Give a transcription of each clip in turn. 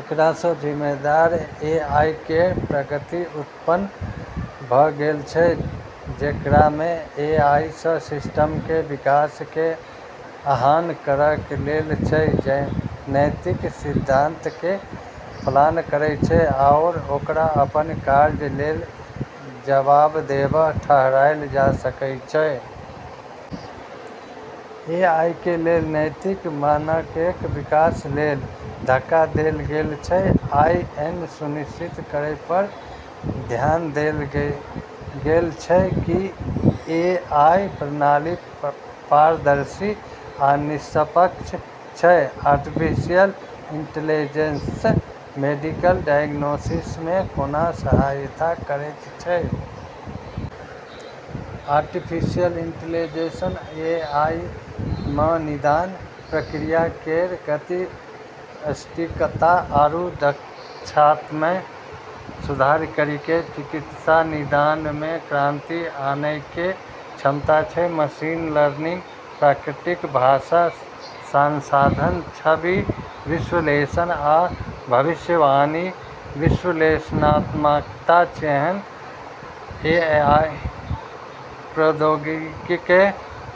एकरासँ "जिम्मेदार एआई" केर प्रवृत्ति उत्पन्न भ' गेल छै जेकरामे एआई सिस्टमके विकासके आह्वान करल गेल छै जे नैतिक सिद्धांतके पालन करै छै आओर ओकरा अपन कार्य लेल जवाबदेह ठहराइल जा सकै छै। एआईके लेल नैतिक मानकके विकासके लेल धक्का देल गेल छै, आ ई सुनिश्चित करै पर धियान देल गेल छै कि एआई प्रणाली पारदर्शी आ निष्पक्ष छै । आर्टिफिशियल इंटेलिजेंस मेडिकल डायग्नोसिसमे कोना सहायता करैत छै? आर्टिफिशियल इंटेलिजेंस (एआई) म' निदान प्रक्रिया केरऽ गति, सटीकता आरू दक्षतामे सुधार करिके चिकित्सा निदानमे क्रांति आनैके क्षमता छै। मशीन लर्निंग, प्राकृतिक भाषा संसाधन, छवि विश्लेषण, आ भविष्यवाणी विश्लेषणात्मकता जेहन एआई प्रौद्योगिकीके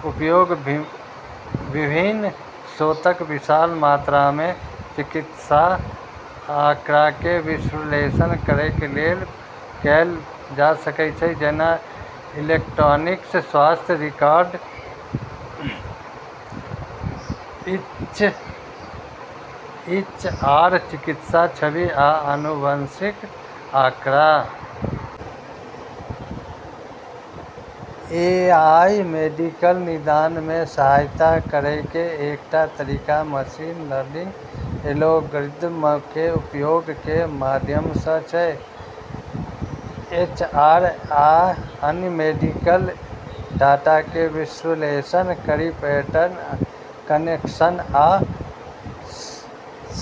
उपयोग विभिन्न स्रोतसँ विशाल मात्रामे चिकित्सा आंकड़ाके विश्लेषण करैके लेल कैल जा सकै छै, जेना इलेक्ट्रॉनिक स्वास्थ्य रिकॉर्ड (ईएचआर), चिकित्सा छवि, आ आनुवंशिक आंकड़ा । एआई मेडिकल निदानमे सहायता करैके एकटा तरीका मशीन लर्निंग एल्गोरिदमके उपयोगके माध्यमसँ छै जे ईएचआर आ अन्य मेडिकल डाटाके विश्लेषण करि पैटर्न, कनेक्शन आ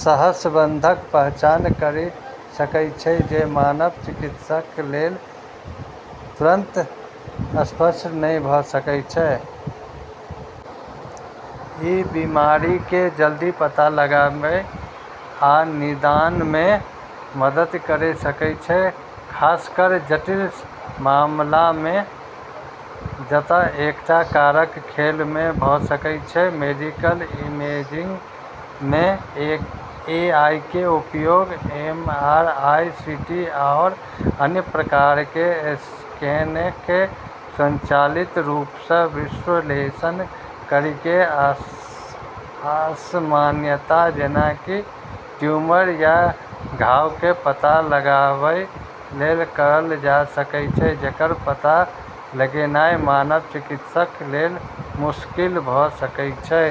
सहसंबंधक पहचान करि सकै छै जे मानव चिकित्सकके लेल तुरंत स्पष्ट नहि भ' सकै छै । ई बीमारिके जल्दी पता लगाबै आ निदानमे मदति करि सकै छै, खासकर जटिल मामलामे जतऽ कएटा कारक खेलमे भ' सकै छै । मेडिकल इमेजिंगमे एआईके उपयोग एमआरआई, सीटी आओर अन्य प्रकारके स्कैनके स्वचालित रूपसँ विश्लेषण करिके असामान्यता, जेना कि ट्यूमर या घावके पता लगाबै लेल करल जा सकै छै, जेकर पता लगेनाइ मानव चिकित्सक लेल मुश्किल भ' सकै छै।